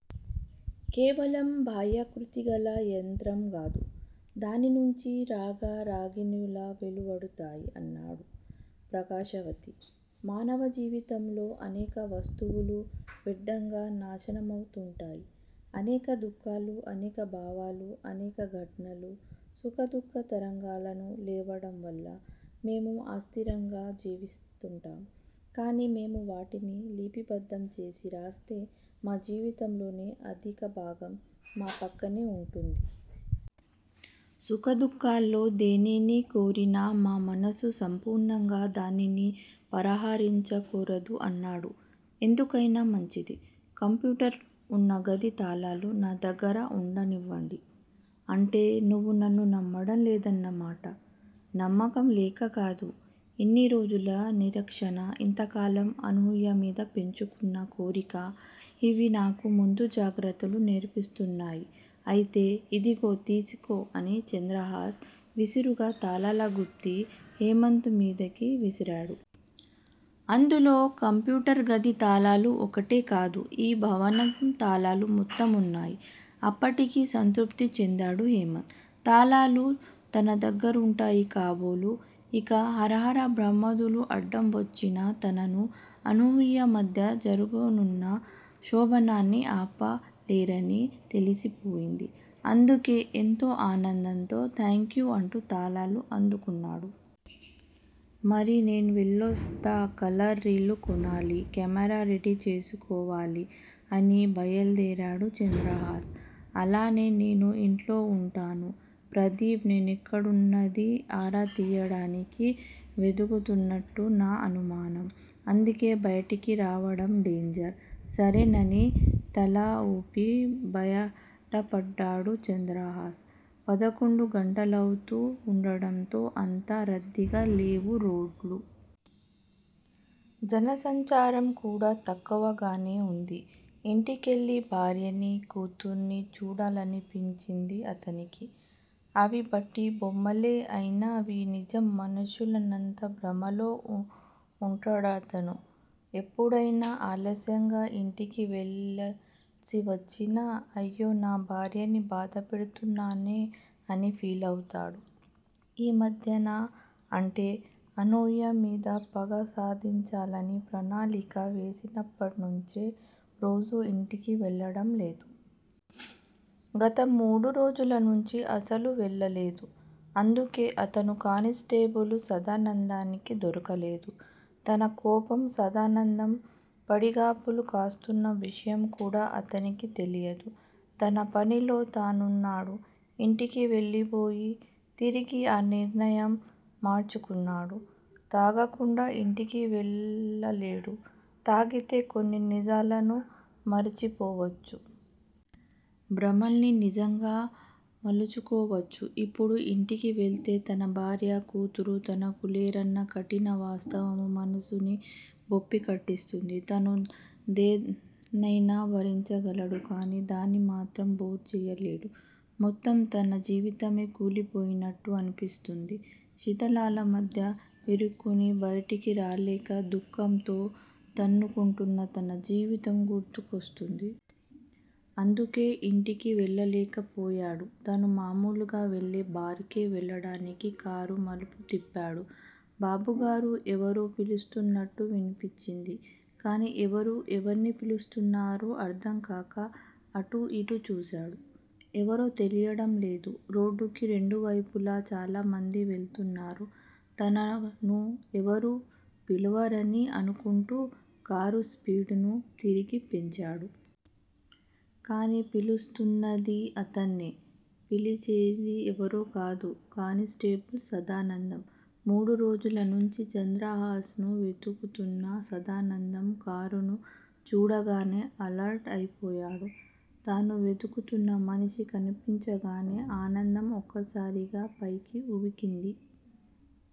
కేవలం బాహ్యాకృతిగల యంత్రం గాదు. దాని నుంచి రాగ రాగిణుల వెలువడతాయి అన్నాడు. ప్రకాశవతి, మానవ జీవితంలో అనేక వస్తువులు వ్యర్దంగా నాశనమవుతుంటాయి. అనేక దుఃఖాలు, అనేక భావాలు, అనేక ఘటనలు; సుఖ దుఃఖ తరంగాలను లేపడంవల్ల మేము అస్తిరంగా జీవిస్తుంటాం. కాని మేము వాటిని లిపిబద్దం చేసి రాస్తే మా జీవితంలోని అధిక భాగం మా పక్కనే వుంటుంది. సుఖ దుఃఖాలో దేనిని కోరినా మా మనస్సు సంపూర్ణంగా దానిని పరహరించకోరదు అన్నాడు. ఎందుకైనా మంచిది. కంప్యూటర్ వున్న గది తాళాలు నా దగ్గర ఉండనివ్వండి. అంటే నువ్వు నన్ను నమ్మడంలేదన్న మాట నమ్మకం లేకకాదు. ఇన్ని రోజుల నిరక్షణ- ఇంతకాలం అనూయ మీద పెంచుకున్న కోరిక- ఇవి నాకు ముందు జాగ్రత్తలు నేర్పిస్తున్నాయి అయితే ఇదిగో తీసుకో అని చంద్రహాస్ విసురుగా తాళాలగుత్తి హేమంత్ మీదకి విసిరాడు. అందులో కంప్యూటర్ గది తాళాలు ఒక్కటే కాదు. ఈ భవనం తాళాలు మొత్తం వున్నాయి. అప్పటికి సంతృప్తి చెందాడు హేమంత్. తాళాలు తన దగ్గరుంటాయి కాబోలు ఇక హరహర బ్రహ్మాదులు అడ్డం వచ్చినా తననూ, అనూయ మధ్య జరగనున్న శోభనాన్ని ఆపలేరని తెలిసిపోయింది. అందుకే ఎంతో ఆనందంతో థాంక్యూ అంటూ తాళాలు అందుకున్నాడు. మరి నేను వెళ్ళొస్తా- కలర్ రీలు కొనాలి. కెమెరా రెడీ చేసుకోవాలి అని బయల్దేరాడు చంద్రహాస్. అలానే, నేను ఇంట్లో వుంటాను. ప్రదీప్ నేనేక్కడున్నదీ ఆరా తీయడానికి వెదుకుతున్నట్టు నా అనుమానం. అందుకే బయటికి రావడం డేంజర్. సరేనని తలవూపి బయటపడ్డాడు చంద్రహాస్. పదకొండు గంటలవుతూ వుండడంతో అంత రద్దీగా లేవు రోడ్లు. జనసంచారం కూడా తక్కువగానే వుంది. ఇంటికెళ్ళి భార్యనీ, కూతుర్నీ చూడాలనిపించింది అతనికి. అవి ఒట్టి బొమ్మలే అయినా వి నిజం మనుష్యులన్నంత భ్రమలో వుంటాడతను. ఎప్పుడయినా ఆలస్యంగా ఇంటికి వెళ్ళాల్సి వచ్చినా 'అయ్యో నా భార్యని బాధపెడుతున్నానే' అని ఫీలవుతాడు. ఈ మధ్యన- అంటే అనూయ మీద పగ సాధించాలని ప్రణాళిక వేసినప్పట్నుంచే రోజూ ఇంటికి వెళ్ళడం లేదు. గత మూడురోజుల నుంచి అసలు వెళ్ళలేదు. అందుకే అతను కానిస్టేబుల్ సదానందానికి దొరకలేదు. తన కోపం సదానందం పడిగాపులు కాస్తున్న విషయం కూడా అతనికి తెలియదు. తన పనిలో తానున్నాడు. ఇంటికి వెళ్ళిబోయి తిరిగి ఆ నిర్ణయం మార్చుకున్నాడు. తాగకుండా ఇంటికి వెళ్ళలేడు. తాగితే కొన్ని నిజాలను మరిచిపోవచ్చు. భ్రమల్ని నిజంగా మలుచుకోవచ్చు. ఇప్పుడు ఇంటికి వెళితే తన భార్యా, కూతురు తనకు లేరన్న కఠిన వాస్తవం మనసుని బొప్పి కట్టిస్తుంది. తను దేన్నయినా భరించగలడు కానీ దాన్ని మాత్రం బేర్ చేయలేడు. మొత్తం తన జీవితమే కూలిపోయినట్టు అనిపిస్తుంది. శిధలాల మధ్య ఇరుక్కొని బయటికి రాలేక దుఃఖంతో తన్నుకుంటున్న తన జీవితం గుర్తుకొస్తుంది. అందుకే ఇంటికి వెళ్ళలేకపోయాడు. తను మామూలుగా వెళ్ళే బార్ కి వెళ్ళడానికి కారు మలుపు తిప్పాడు. బాబుగారూ ఎవరో పిలుస్తున్నట్టు వినిపించింది కానీ ఎవరు ఎవర్ని పిలుస్తున్నారో అర్థంకాక అటూ ఇటూ చూశాడు. ఎవరో తెలియడం లేదు. రోడ్డుకి రెండువైపులా చాలామంది వెళుతున్నారు. తనను ఎవరూ పిలవరని అనుకుంటూ కారు స్పీడ్ ను తిరిగి పెంచాడు. కానీ పిలుస్తున్నది అతన్నే. పిలిచేది ఎవరో కాదు- కానిస్టేబుల్ సదానందం. మూడురోజుల నుంచి చంద్రహాస్ ను వెదుకుతున్న సదానందం కారును చూడగానే అలర్ట్ అయిపోయాడు. తను వెతుకుతున్న మనిషి కనిపించగానే ఆనందం ఒక్కసారిగా పైకి ఉబికింది.